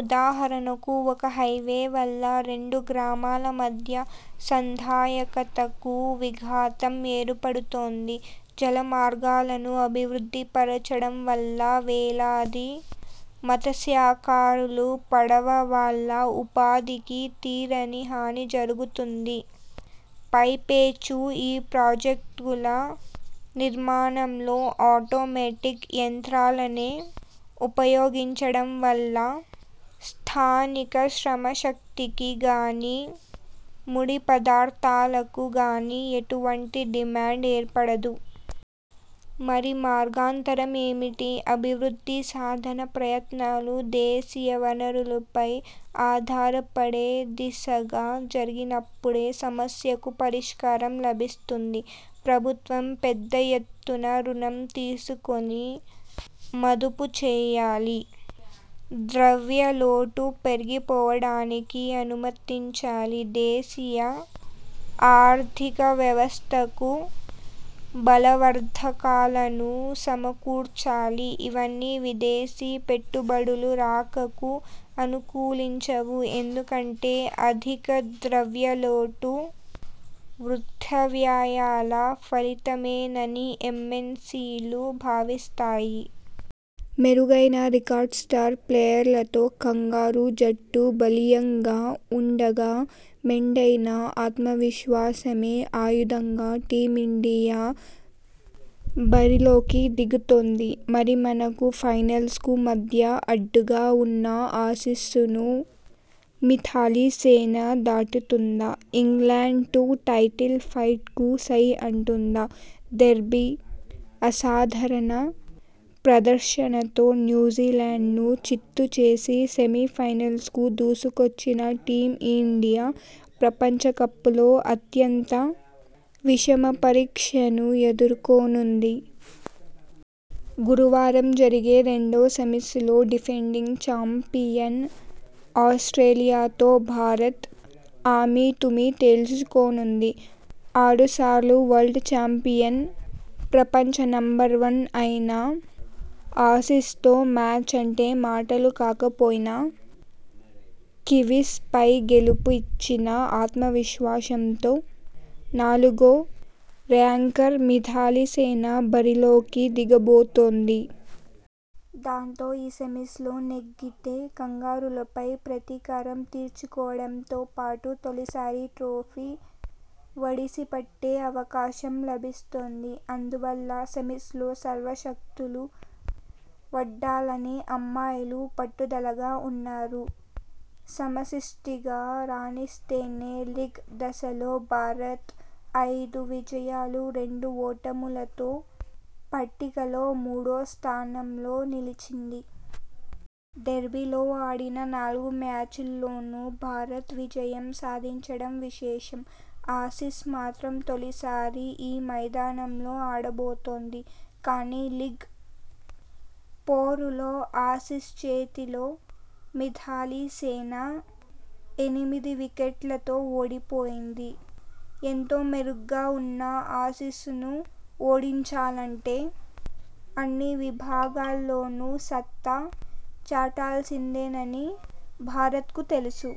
ఉదాహరణకు ఒక హైవే వల్ల రెండు గ్రామాల మధ్య సంధాయకతకు విఘాతమేర్పడుతుంది. జలమార్గాలను అభివృద్ధిపరచడం వల్ల వేలాది మతసకారులు, పడవ వాళ్ళ ఉపాధికి తీరని హాని జరుగుతుంది. పైపెచ్చు ఈ ప్రాజెక్టుల నిర్మాణంలో ఆటోమెటిక్ యంత్రాలనే ఉపయోగించడం వల్ల స్థానిక శ్రమశక్తికి గానీ, ముడి పదార్థాలకు గానీ ఎటువంటి డిమాండ్ ఏర్పడదు. మరి మార్గాంతరమేమిటి? అభివృద్ధి సాధనా ప్రయత్నాలు దేశీయ వనరులపై ఆధారపడేదిశగా జరిగినప్పుడే సమస్యకు పరిష్కారం లభిస్తుంది. ప్రభుత్వం పెద్దఎత్తున రుణం తీసుకొని మదుపుచేయాలి. ద్రవ్యలోటు పెరిగిపోవడానకి అనుమతించాలి. దేశీయ ఆర్థికవ్యవస్థకు బలవర్ధకాలను సమకూర్చాలి. ఇవన్నీ విదేశీ పెట్టుబడుల రాకకు అనుకూలించవు. ఎందుకంటే అధిక ద్రవ్యలోటు వృథావ్యయాల ఫలితమేనని ఎమ్ఎన్సీలు భావిస్తాయి. మెరుగైన రికార్డు స్టార్ ప్లేయర్లతో కంగారూ జట్టు బలీయంగా ఉండగా మెండైన ఆత్మవిశ్వాసమే ఆయుధంగా టీమిండి యా బరిలోకి దిగుతోంది! మరి, మనకు ఫైనల్కు మధ్య అడ్డుగా ఉన్న ఆసీస్ను మిథాలీసేన దాటుతుందా ఇంగ్లండు టైటిల్ ఫైట్కు సై అంటుందా? డెర్బీ: అసాధారణ ప్రదర్శనతో న్యూజిలాండ్ను చిత్తు చేసి సెమీఫైనల్కు దూసుకొచ్చిన టీమిండియా ప్రపంచకప్లో అత్యంత విషమపరీక్షను ఎదుర్కో నుంది. గురువారం జరిగే రెండో సెమీస్లో డిఫెం డింగ్ చాంపియన్ ఆస్ట్రేలియాతో భారత్ అమీతుమీ తేల్చుకోనుంది. ఆరుసార్లు వరల్డ్ చాంపియన్, ప్రపం చ నెంబర్ వన్ అయిన ఆసీస్తో మ్యాచ్ అంటే మా టలు కాకపోయిన కివీస్పై గెలుపు ఇచ్చిన ఆత్మ విశ్వాసంతో నాలుగో ర్యాంకర్ మిథాలీసేన బరిలోకి దిగబోతోంది. దాంతో, ఈ సెమీస్లో నెగ్గితే కంగారూలపై ప్రతీకారం తీర్చుకోవడంతోపాటు తొలిసారి ట్రోఫీ ఒడిసిపట్టే అవకాశం లభిస్తుంది. అందువల్ల సెమీస్లో సర్వ శక్తులూ ఒడ్డాలని అమ్మాయిలు పట్టుదలగా ఉన్నారు. సమసిష్టిగా రాణిస్తేనే లీగ్ దశలో భారత్ ఐదు విజయాలు, రెండు ఓటములతో పట్టికలో మూడో స్థానంలో నిలిచింది. డెర్బీలో ఆడిన నాలుగు మ్యాచ్ల్లోనూ భారత్ విజ యం సాధించడం విశేషం. ఆసీస్ మాత్రం తొలి సారి ఈ మైదానంలో ఆడబోతోంది. కానీ, లీగ్ పోరు లో ఆసీస్ చేతిలో మిథాలీసేన ఎనిమిది వికె ట్లతో ఓడిపోయింది. ఎంతో మెరుగ్గా ఉన్న ఆసీస్ను ఓడిం చాలంటే అన్ని విభాగాల్లోనూ సత్తా చాటాల్సిందేనని భారత్కు తెలుసు.